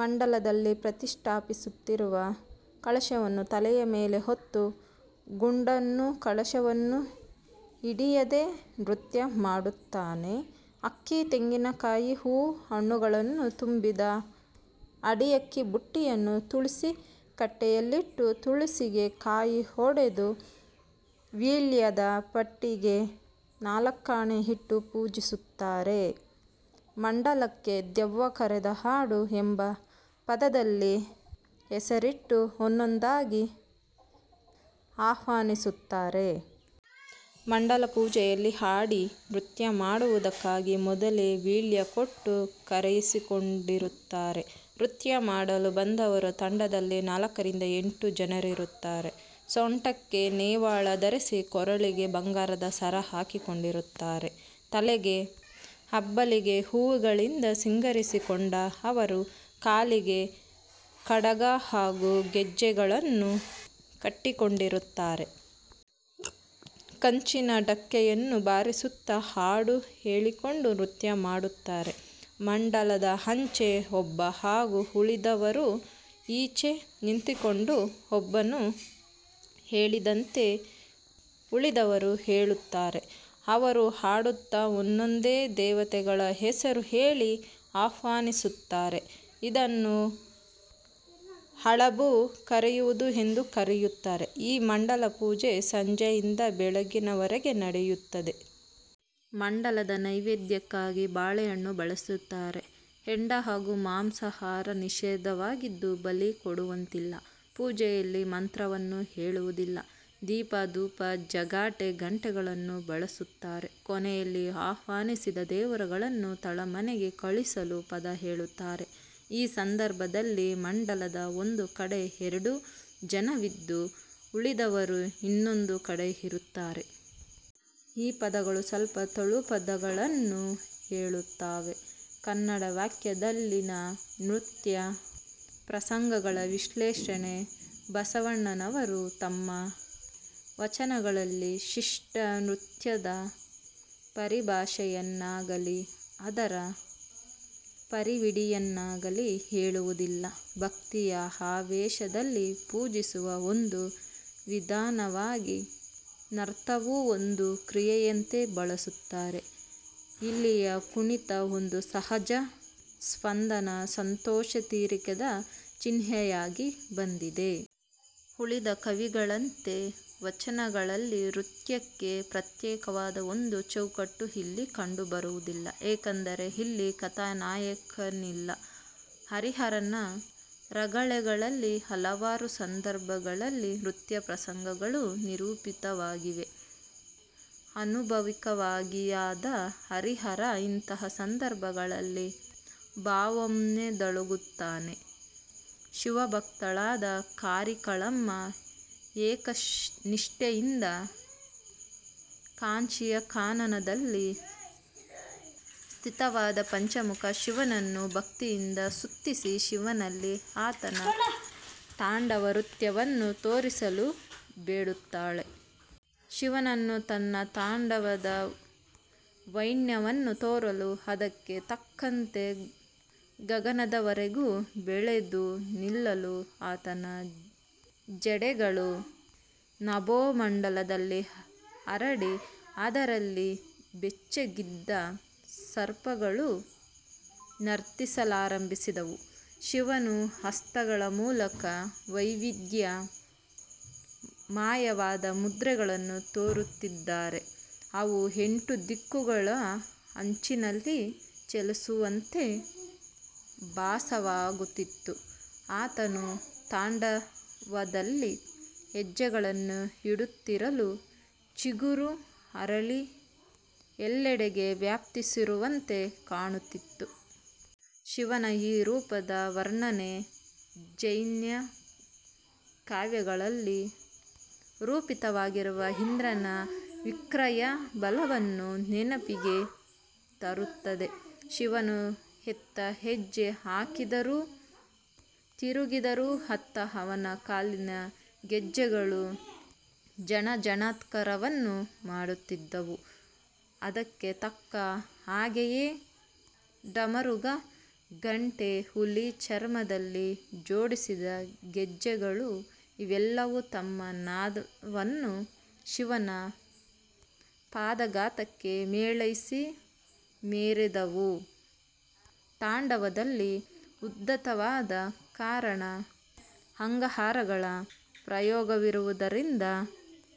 ಮಂಡಲದಲ್ಲಿ ಪ್ರತಿಷ್ಠಾಪಿಸಿರುವ ಕಳಶವನ್ನು ತಲೆಯ ಮೇಲೆ ಹೊತ್ತ ಗೊಂಡನು ಕಳಶವನ್ನು ಹಿಡಿಯದೇ ನೃತ್ಯ ಮಾಡುತ್ತಾನೆ. ಅಕ್ಕಿ, ತೆಂಗಿನಕಾಯಿ, ಹೂ, ಹಣ್ಣುಗಳನ್ನು ತುಂಬಿದ 'ಅಡಿಯಕ್ಕಿ' ಬುಟ್ಟಿಯನ್ನು ತುಳಸಿ ಕಟ್ಟೆಯಲ್ಲಿಟ್ಟು, ತುಳಸಿಗೆ ಕಾಯಿ ಒಡೆದು, ವೀಳ್ಯದ ಪಟ್ಟಿಗೆ ನಾಲ್ಕಾಣೆ ಇಟ್ಟು ಪೂಜಿಸುತ್ತಾರೆ. ಮಂಡಲಕ್ಕೆ 'ದೆವ್ವ ಕರೆದ ಹಾಡು' ಎಂಬ ಪದದಲ್ಲಿ ಹೆಸರಿಟ್ಟು ಒಂದೊಂದಾಗಿ ಆಹ್ವಾನಿಸುತ್ತಾರೆ. ಮಂಡಲ ಪೂಜೆಯಲ್ಲಿ ಹಾಡಿ, ನೃತ್ಯ ಮಾಡುವುದಕ್ಕಾಗಿ ಮೊದಲೆ ವೀಳ್ಯ ಕೊಟ್ಟು ಕರೆಯಿಸಿಕೊಂಡಿರುತ್ತಾರೆ. ನೃತ್ಯ ಮಾಡಲು ಬಂದವರು ತಂಡದಲ್ಲಿ ನಾಲ್ಕರಿಂದ ಎಂಟು ಜನರಿರುತ್ತಾರೆ. ಸೊಂಟಕ್ಕೆ ನೇವಾಳ ಧರಿಸಿ, ಕೊರಳಿಗೆ ಬಂಗಾರದ ಸರ ಹಾಕಿಕೊಂಡಿರುತ್ತಾರೆ. ತಲೆಗೆ ಅಬ್ಬಲಿಗೆ ಹೂವುಗಳಿಂದ ಸಿಂಗರಿಸಿಕೊಂಡ ಅವರು ಕಾಲಿಗೆ ಕಡಗ ಹಾಗೂ ಗೆಜ್ಜೆಗಳನ್ನು ಕಟ್ಟಿಕೊಂಡಿರುತ್ತಾರೆ. ಕಂಚಿನ ಡಕ್ಕೆಯನ್ನು ಬಾರಿಸುತ್ತ ಹಾಡು ಹೇಳಿಕೊಂಡು ನೃತ್ಯ ಮಾಡುತ್ತಾರೆ. ಮಂಡಲದ ಆಚೆ ಒಬ್ಬ ಹಾಗೂ ಉಳಿದವರು ಈಚೆ ನಿಂತುಕೊಂಡು, ಒಬ್ಬನು ಹೇಳಿದಂತೆ ಉಳಿದವರು ಹೇಳುತ್ತಾರೆ. ಅವರು ಹಾಡುತ್ತಾ ಒಂದೊಂದೇ ದೇವತೆಗಳ ಹೆಸರು ಹೇಳಿ ಆಹ್ವಾನಿಸುತ್ತಾರೆ. ಇದನ್ನು ಹಳಬು ಕರೆಯುವುದು ಎಂದು ಕರೆಯುತ್ತಾರೆ. ಈ ಮಂಡಲ ಪೂಜೆ ಸಂಜೆಯಿಂದ ಬೆಳಗಿನವರೆಗೆ ನಡೆಯುತ್ತದೆ. ಮಂಡಲದ ನೈವೇದ್ಯಕ್ಕಾಗಿ ಬಾಳೆಹಣ್ಣು ಬಳಸುತ್ತಾರೆ. ಹೆಂಡ ಹಾಗೂ ಮಾಂಸಾಹಾರ ನಿಷಿದ್ಧವಾಗಿದ್ದು, ಬಲಿ ಕೊಡುವಂತಿಲ್ಲ. ಪೂಜೆಯಲ್ಲಿ ಮಂತ್ರವನ್ನು ಹೇಳುವುದಿಲ್ಲ. ದೀಪ, ಧೂಪ, ಜಾಗಟೆ, ಗಂಟೆಗಳನ್ನು ಬಳಸುತ್ತಾರೆ. ಕೊನೆಯಲ್ಲಿ ಆಹ್ವಾನಿಸಿದ ದೇವರುಗಳನ್ನು ತಳಮನೆಗೆ ಕಳಿಸಲು ಪದ ಹೇಳುತ್ತಾರೆ. ಈ ಸಂದರ್ಭದಲ್ಲಿ ಮಂಡಲದ ಒಂದು ಕಡೆ ಎರಡು ಜನವಿದ್ದು, ಉಳಿದವರು ಇನ್ನೊಂದು ಕಡೆ ಇರುತ್ತಾರೆ. ಈ ಪದಗಳು ಸ್ವಲ್ಪ ತುಳುಪಾಡ್ದನಗಳನ್ನು ಹೋಲುತ್ತವೆ. ಕನ್ನಡ ಕಾವ್ಯಗಳಲ್ಲಿನ ನೃತ್ಯ ಪ್ರಸಂಗಗಳ ವಿಶ್ಲೇಷಣೆ ಬಸವಣ್ಣನವರು ತಮ್ಮ ವಚನಗಳಲ್ಲಿ ಶಿಷ್ಟ ನೃತ್ಯದ ಪರಿಭಾಷೆಯನ್ನಾಗಲಿ, ಅದರ ಪರಿವಿಡಿಯನ್ನಾಗಲಿ, ಹೇಳುವುದಿಲ್ಲ. ಭಕ್ತಿಯ ಆವೇಶದಲ್ಲಿ ಪೂಜಿಸುವ ಒಂದು ವಿಧಾನವಾಗಿ ನರ್ತನವೂ ಒಂದು ಕ್ರಿಯೆಯಂತೆ ಬಳಸುತ್ತಾರೆ: ಇಲ್ಲಿಯ ಕುಣಿತ ಒಂದು ಸಹಜ ಸ್ಪಂದನ, ಸಂತೋಷಾತಿರೇಕದ ಚಿಹ್ನೆಯಾಗಿ ಬಂದಿದೆ. ಉಳಿದ ಕವಿಗಳಂತೆ ವಚನಗಳಲ್ಲಿ ನೃತ್ಯಕ್ಕೆ ಪ್ರತ್ಯೇಕವಾದ ಒಂದು ಚೌಕಟ್ಟು ಇಲ್ಲಿ ಕಂಡುಬರುವುದಿಲ್ಲ. ಏಕೆಂದರೆ ಇಲ್ಲಿ ಕಥಾನಾಯಕನಿಲ್ಲ. ಹರಿಹರನ ರಗಳೆಗಳಲ್ಲಿ ಹಲವಾರು ಸಂದರ್ಭಗಳಲ್ಲಿ ನೃತ್ಯಪ್ರಸಂಗಗಳು ನಿರೂಪಿತವಾಗಿವೆ. ಅನುಭಾವಿಕವಿಯಾದ ಹರಿಹರ ಇಂತಹ ಸಂದರ್ಭಗಳಲ್ಲಿ ಭಾವೋನ್ಮೋದಗೊಳ್ಳುತ್ತಾನೆ. ಶಿವಭಕ್ತಳಾದ ಕಾರಿಕಾಲಮ್ಮ ಏಕನಿಷ್ಠೆಯಿಂದ ಕಾಂಚಿಯ ಕಾನನದಲ್ಲಿ ಸ್ಥಿತವಾದ ಪಂಚಮುಖ ಶಿವನನ್ನು ಭಕ್ತಿಯಿಂದ ಸುತ್ತಿಸಿ ಶಿವನಲ್ಲಿ ಆತನ ತಾಂಡವ ನೃತ್ಯವನ್ನು ತೋರಿಸಲು ಬೇಡುತ್ತಾಳೆ. ಶಿವನು ತನ್ನ ತಾಂಡವದ ವೈಣವವನ್ನು ತೋರಲು ಅದಕ್ಕೆ ತಕ್ಕಂತೆ ಗಗನದವರೆಗೂ ಬೆಳೆದು ನಿಲ್ಲಲು ಆತನ ಜಡೆಗಳೂ ನಭೋಮಂಡಲದಲ್ಲಿ ಹರಡಿ ಅದರಲ್ಲಿ ಬೆಚ್ಚಗಿದ್ದ ಸರ್ಪಗಳೂ ನರ್ತಿಸಲಾರಂಭಿಸಿದವು. ಶಿವನು ಹಸ್ತಗಳ ಮೂಲಕ ವೈವಿಧ್ಯ ಮಯವಾದ ಮುದ್ರೆಗಳನ್ನು ತೋರುತ್ತಿದ್ದರೆ ಅವು ಎಂಟು ಧಿಕ್ಕುಗಳ ಅಂಚಿನಲ್ಲಿ ಚಲಿಸುವಂತೆ ಭಾಸವಾಗುತ್ತಿತ್ತು. ಆತನು ತಾಂಡವದಲ್ಲಿ ಹೆಜ್ಜೆಗಳನ್ನು ಇಡುತ್ತಿರಲು ಚಿಗುರು ಅರಳಿ ಎಲ್ಲೆಡೆಗೆ ವ್ಯಾಪಿಸಿರುವಂತೆ ಕಾಣುತ್ತಿತ್ತು. ಶಿವನ ಈ ರೂಪದ ವರ್ಣನೆ ಜೈನ ಕಾವ್ಯಗಳಲ್ಲಿ ನಿರೂಪಿತವಾಗಿರುವ ಇಂದ್ರನ ವಿಕ್ರಿಯಾ ಬಲವನ್ನು ನೆನಪಿಗೆ ತರುತ್ತದೆ. ಶಿವನು ಎತ್ತ ಹೆಜ್ಜೆ ಹಾಕಿದರೂ, ತಿರುಗಿದರೂ ಅತ್ತ ಅವನ ಕಾಲಿನ ಗೆಜ್ಜೆಗಳೂ ಝಣ, ಝಣತ್ಕಾರವನ್ನು ಮಾಡುತ್ತಿದ್ದುವು. ಅದಕ್ಕೆ ತಕ್ಕ ಹಾಗೆಯೇ ಡಮರುಗ, ಘಂಟೆ, ಹುಲಿ ಚರ್ಮದಲ್ಲಿ ಜೋಡಿಸಿದ ಗೆಜ್ಜೆಗಳು ಇವೆಲ್ಲವೂ ತಮ್ಮ ನಾದವನ್ನು ಶಿವನ ಪಾದಘಾತಕ್ಕೆ ಮೇಳೈಸಿ ಮೊರೆದವು. ತಾಂಡವದಲ್ಲಿ ಉದ್ಧತವಾದ ಕರಣ, ಅಂಗಹಾರಗಳ ಪ್ರಯೋಗವಿರುವುದರಿಂದ